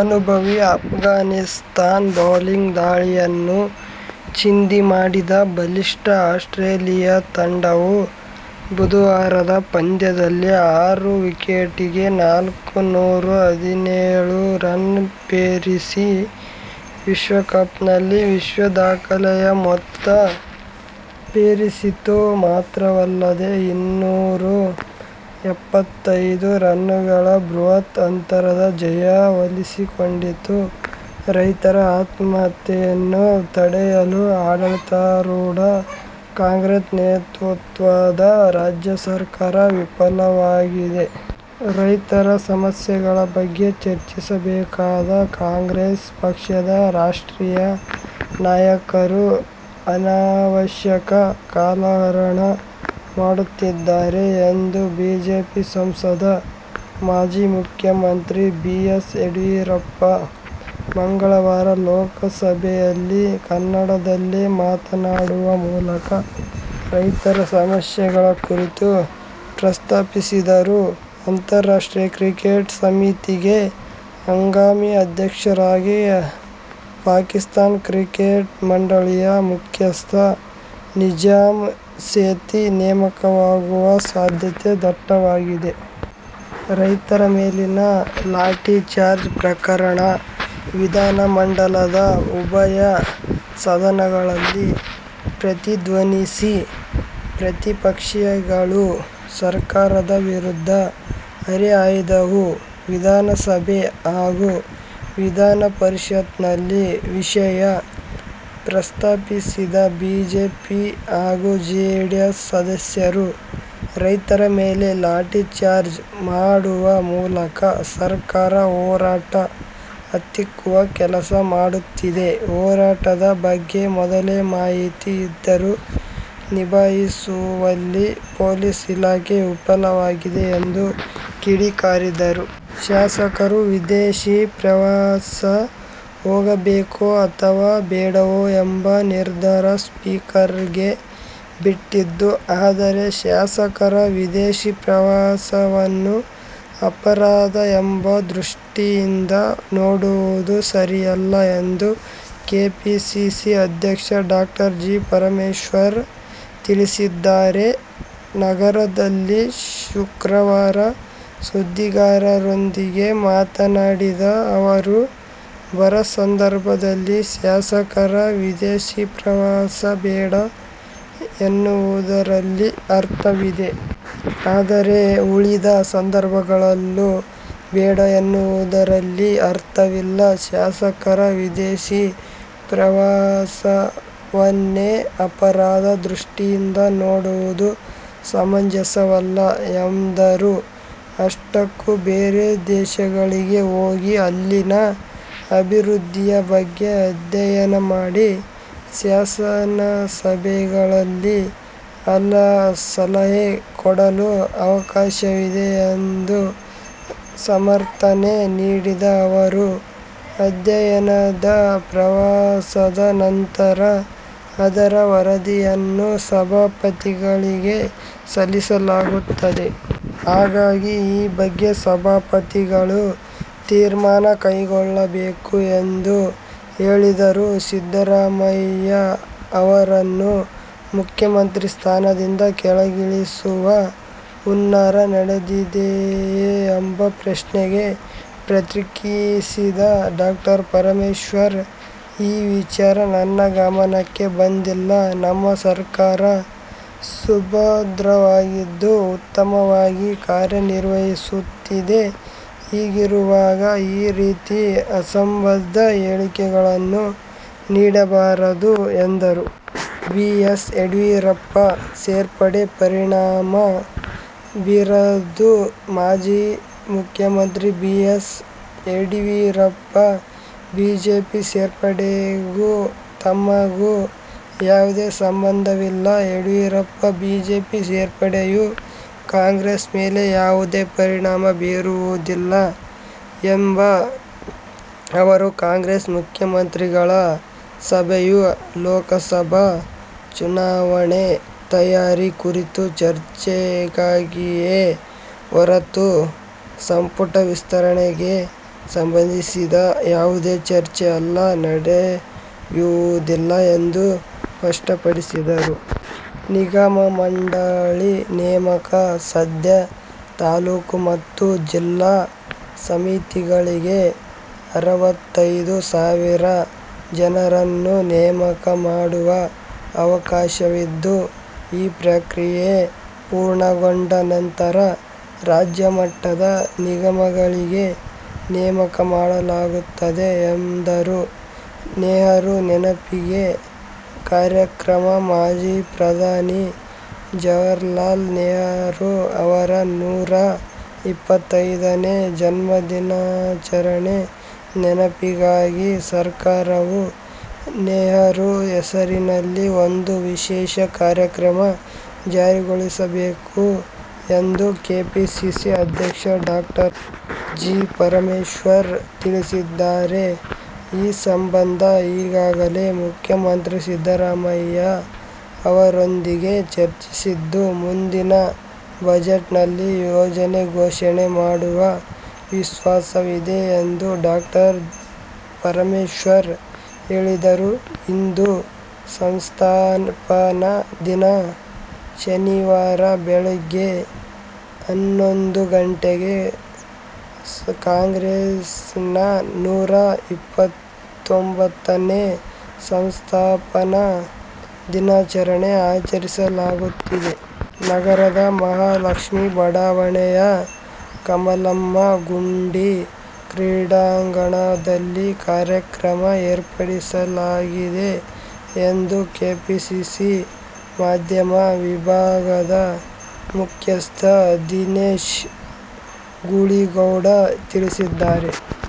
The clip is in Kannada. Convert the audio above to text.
ಅನುಭವಿ ಅಫ್ಘಾನಿಸ್ತಾನ ಬೌಲಿಂಗ್ ದಾಳಿಯನ್ನು ಚಿಂದಿ ಮಾಡಿದ ಬಲಿಷ್ಠ ಆಸ್ಟ್ರೇಲಿಯ ತಂಡವು ಬುಧವಾರದ ಪಂದ್ಯದಲ್ಲಿ ಆರು ವಿಕೆಟ್‌ಗೆ ನಾಲ್ಕು ನೂರ ಹದಿನೇಳು ರನ್ ಪೇರಿಸಿ ವಿಶ್ವಕಪ್‌ನಲ್ಲಿ ವಿಶ್ವ ದಾಖಲೆಯ ಮೊತ್ತ ಪೇರಿಸಿತು. ಮಾತ್ರವಲ್ಲದೇ ಇನ್ನೂರ ಎಪ್ಪತ್ತೈದು ರನ್‌ಗಳ ಬೃಹತ್ ಅಂತರದ ಜಯ ಒಲಿಸಿಕೊಂಡಿತು. ರೈತರ ಆತ್ಮಹತ್ಯೆಯನ್ನು ತಡೆಯಲು ಆಡಳಿತಾರೂಢ ಕಾಂಗ್ರೆಸ್ ನೇತೃತ್ವದ ರಾಜ್ಯ ಸರ್ಕಾರ ವಿಫಲವಾಗಿದೆ. ರೈತರ ಸಮಸ್ಯೆಗಳ ಬಗ್ಗೆ ಚರ್ಚಿಸಬೇಕಾದ ಕಾಂಗ್ರೆಸ್ ಪಕ್ಷದ ರಾಷ್ಟ್ರೀಯ ನಾಯಕರು ಅನಾವಶ್ಯಕ ಕಾಲಹರಣ ಮಾಡುತ್ತಿದ್ದಾರೆ ಎಂದು ಬಿಜೆಪಿ ಸಂಸದ, ಮಾಜಿ ಮುಖ್ಯಮಂತ್ರಿ ಬಿ. ಎಸ್. ಯಡಿಯೂರಪ್ಪ ಮಂಗಳವಾರ ಲೋಕಸಭೆಯಲ್ಲಿ ಕನ್ನಡದಲ್ಲೇ ಮಾತನಾಡುವ ಮೂಲಕ ರೈತರ ಸಮಸ್ಯೆಗಳ ಕುರಿತು ಪ್ರಸ್ತಾಪಿಸಿದರು. ಅಂತಾರಾಷ್ಟ್ರೀಯ ಕ್ರಿಕೆಟ್ ಸಮಿತಿಗೆ ಹಂಗಾಮಿ ಅಧ್ಯಕ್ಷರಾಗಿ ಪಾಕಿಸ್ತಾನ ಕ್ರಿಕೆಟ್ ಮಂಡಳಿಯ ಮುಖ್ಯಸ್ಥ ನಿಜಾಮ್ ಸೇಥಿ ನೇಮಕವಾಗುವ ಸಾಧ್ಯತೆ ದಟ್ಟವಾಗಿದೆ. ರೈತರ ಮೇಲಿನ ಲಾಠಿಚಾರ್ಜ್ ಪ್ರಕರಣ ವಿಧಾನಮಂಡಲದ ಉಭಯ ಸದನಗಳಲ್ಲಿ ಪ್ರತಿಧ್ವನಿಸಿ ಪ್ರತಿಪಕ್ಷಗಳು ಸರ್ಕಾರದ ವಿರುದ್ಧ ಹರಿಹಾಯ್ದವು. ವಿಧಾನಸಭೆ ಹಾಗೂ ವಿಧಾನಪರಿಷತ್‌ನಲ್ಲಿ ವಿಷಯ ಪ್ರಸ್ತಾಪಿಸಿದ ಬಿಜೆಪಿ ಹಾಗೂ ಜೆಡಿಎಸ್ ಸದಸ್ಯರು, ರೈತರ ಮೇಲೆ ಲಾಠಿಚಾರ್ಜ್ ಮಾಡುವ ಮೂಲಕ ಸರ್ಕಾರ ಹೋರಾಟ ಹತ್ತಿಕ್ಕುವ ಕೆಲಸ ಮಾಡುತ್ತಿದೆ. ಹೋರಾಟದ ಬಗ್ಗೆ ಮೊದಲೇ ಮಾಹಿತಿ ಇದ್ದರೂ ನಿಭಾಯಿಸುವಲ್ಲಿ ಪೊಲೀಸ್ ಇಲಾಖೆ ವಿಫಲವಾಗಿದೆ ಎಂದು ಕಿಡಿಕಾರಿದರು. ಶಾಸಕರು ವಿದೇಶಿ ಪ್ರವಾಸ ಹೋಗಬೇಕೋ ಅಥವಾ ಬೇಡವೋ ಎಂಬ ನಿರ್ಧಾರ ಸ್ಪೀಕರ್‌ಗೆ ಬಿಟ್ಟಿದ್ದು. ಆದರೆ, ಶಾಸಕರ ವಿದೇಶಿ ಪ್ರವಾಸವನ್ನು ಅಪರಾಧ ಎಂಬ ದೃಷ್ಟಿಯಿಂದ ನೋಡುವುದು ಸರಿಯಲ್ಲ ಎಂದು ಕೆಪಿಸಿಸಿ ಅಧ್ಯಕ್ಷ ಡಾ. ಜಿ. ಪರಮೇಶ್ವರ ತಿಳಿಸಿದ್ದಾರೆ. ನಗರದಲ್ಲಿ ಶುಕ್ರವಾರ ಸುದ್ದಿಗಾರರೊಂದಿಗೆ ಮಾತನಾಡಿದ ಅವರು, ಬರ ಸಂದರ್ಭದಲ್ಲಿ ಶಾಸಕರ ವಿದೇಶಿ ಪ್ರವಾಸ ಬೇಡ ಎನ್ನುವುದರಲ್ಲಿ ಅರ್ಥವಿದೆ. ಆದರೆ, ಉಳಿದ ಸಂದರ್ಭಗಳಲ್ಲೂ ಬೇಡ ಎನ್ನುವುದರಲ್ಲಿ ಅರ್ಥವಿಲ್ಲ. ಶಾಸಕರ ವಿದೇಶಿ ಪ್ರವಾಸವನ್ನೇ ಅಪರಾಧ ದೃಷ್ಟಿಯಿಂದ ನೋಡುವುದು ಸಮಂಜಸವಲ್ಲ ಎಂದರು. ಅಷ್ಟಕ್ಕೂ ಬೇರೆ ದೇಶಗಳಿಗೆ ಹೋಗಿ, ಅಲ್ಲಿನ ಅಭಿವೃದ್ಧಿಯ ಬಗ್ಗೆ ಅಧ್ಯಯನ ಮಾಡಿ ಶಾಸನಸಭೆಗಳಲ್ಲಿ ಸಲಹೆ ಕೊಡಲು ಅವಕಾಶವಿದೆ ಎಂದು ಸಮರ್ಥನೆ ನೀಡಿದ ಅವರು, ಅಧ್ಯಯನದ ಪ್ರವಾಸದ ನಂತರ ಅದರ ವರದಿಯನ್ನೂ ಸಭಾಪತಿಗೆ ಸಲ್ಲಿಸಲಾಗುತ್ತದೆ. ಹಾಗಾಗಿ, ಈ ಬಗ್ಗೆ ಸಭಾಪತಿಗಳು ತೀರ್ಮಾನ ಕೈಗೊಳ್ಳಬೇಕು ಎಂದು ಹೇಳಿದರು. ಸಿದ್ದರಾಮಯ್ಯ ಅವರನ್ನು ಮುಖ್ಯಮಂತ್ರಿ ಸ್ಥಾನದಿಂದ ಕೆಳಗಿಳಿಸುವ ಹುನ್ನಾರ ನಡೆದಿದೆಯೇ ಎಂಬ ಪ್ರಶ್ನೆಗೆ ಪ್ರತಿಕ್ರಿಯಿಸಿದ ಡಾ. ಪರಮೇಶ್ವರ, ಈ ವಿಚಾರ ನನ್ನ ಗಮನಕ್ಕೆ ಬಂದಿಲ್ಲ. ನಮ್ಮ ಸರ್ಕಾರ ಸುಭದ್ರವಾಗಿದ್ದು, ಉತ್ತಮವಾಗಿ ಕಾರ್ಯನಿರ್ವಹಿಸುತ್ತಿದೆ. ಹೀಗಿರುವಾಗ, ಈ ರೀತಿ ಅಸಂಬದ್ಧ ಹೇಳಿಕೆಗಳನ್ನು ನೀಡಬಾರದು ಎಂದರು. ಬಿ. ಎಸ್. ಯಡಿಯೂರಪ್ಪ ಸೇರ್ಪಡೆ ಪರಿಣಾಮ ಬೀರದು. ಮಾಜಿ ಮುಖ್ಯಮಂತ್ರಿ ಬಿ. ಎಸ್. ಯಡಿಯೂರಪ್ಪ ಬಿಜೆಪಿ ಸೇರ್ಪಡೆಗೂ ತಮಗೂ ಯಾವುದೇ ಸಂಬಂಧವಿಲ್ಲ. ಯಡಿಯೂರಪ್ಪ ಬಿಜೆಪಿ ಸೇರ್ಪಡೆಯು ಕಾಂಗ್ರೆಸ್ ಮೇಲೆ ಯಾವುದೇ ಪರಿಣಾಮ ಬೀರುವುದಿಲ್ಲ ಎಂದ ಅವರು, ಕಾಂಗ್ರೆಸ್ ಮುಖ್ಯಮಂತ್ರಿಗಳ ಸಭೆಯು ಲೋಕಸಭಾ ಚುನಾವಣೆ ತಯಾರಿ ಕುರಿತ ಚರ್ಚೆಗಾಗಿಯೇ ಹೊರತು, ಸಂಪುಟ ವಿಸ್ತರಣೆಗೆ ಸಂಬಂಧಿಸಿದ ಯಾವುದೇ ಚರ್ಚೆ ಅಲ್ಲಿ ನಡೆಯುವುದಿಲ್ಲ ಎಂದು ಸ್ಪಷ್ಟಪಡಿಸಿದರು. ನಿಗಮ ಮಂಡಳಿ ನೇಮಕ. ಸದ್ಯ ತಾಲೂಕು ಮತ್ತು ಜಿಲ್ಲಾ ಸಮಿತಿಗಳಿಗೆ ಅರವತ್ತೈದು ಸಾವಿರ ಜನರನ್ನು ನೇಮಕ ಮಾಡುವ ಅವಕಾಶವಿದ್ದು, ಈ ಪ್ರಕ್ರಿಯೆ ಪೂರ್ಣಗೊಂಡ ನಂತರ ರಾಜ್ಯಮಟ್ಟದ ನಿಗಮಗಳಿಗೆ ನೇಮಕ ಮಾಡಲಾಗುತ್ತದೆ ಎಂದರು. ನೆಹರು ನೆನಪಿಗೆ ಕಾರ್ಯಕ್ರಮ. ಮಾಜಿ ಪ್ರಧಾನಿ ಜವಾಹರಲಾಲ್ ನೆಹರು ಅವರ ನೂರ ಇಪ್ಪತ್ತೈದನೇ ಜನ್ಮದಿನಾಚರಣೆ ನೆನಪಿಗಾಗಿ ಸರ್ಕಾರವು ನೆಹರು ಹೆಸರಿನಲ್ಲಿ ಒಂದು ವಿಶೇಷ ಕಾರ್ಯಕ್ರಮ ಜಾರಿಗೊಳಿಸಬೇಕು ಎಂದು ಕೆಪಿಸಿಸಿ ಅಧ್ಯಕ್ಷ ಡಾ. ಜಿ. ಪರಮೇಶ್ವರ ತಿಳಿಸಿದ್ದಾರೆ. ಈ ಸಂಬಂಧ ಈಗಾಗಲೇ ಮುಖ್ಯಮಂತ್ರಿ ಸಿದ್ದರಾಮಯ್ಯ ಅವರೊಂದಿಗೆ ಚರ್ಚಿಸಿದ್ದು, ಮುಂದಿನ ಬಜೆಟ್‌ನಲ್ಲಿ ಯೋಜನೆ ಘೋಷಣೆ ಮಾಡುವ ವಿಶ್ವಾಸವಿದೆ ಎಂದೂ ಡಾ. ಪರಮೇಶ್ವರ ಹೇಳಿದರು. ಇಂದು ಸಂಸ್ಥಾಪನಾ ದಿನ. ಶನಿವಾರ ಬೆಳಿಗ್ಗೆ ಹನ್ನೊಂದು ಗಂಟೆಗೆ ಕಾಂಗ್ರೆಸ್‌ನ ನೂರ ಇಪ್ಪತ್ತೊಂಬತ್ತನೇ ಸಂಸ್ಥಾಪನಾ ದಿನಾಚರಣೆ ಆಚರಿಸಲಾಗುತ್ತಿದೆ. ನಗರದ ಮಹಾಲಕ್ಷ್ಮೀ ಬಡಾವಣೆಯ ಕಮಲಮ್ಮ ಗುಂಡಿ ಕ್ರೀಡಾಂಗಣದಲ್ಲಿ ಕಾರ್ಯಕ್ರಮ ಏರ್ಪಡಿಸಲಾಗಿದೆ ಎಂದು ಕೆಪಿಸಿಸಿ ಮಾಧ್ಯಮ ವಿಭಾಗದ ಮುಖ್ಯಸ್ಥ ದಿನೇಶ್ ಗೂಳಿಗೌಡ ತಿಳಿಸಿದ್ದಾರೆ.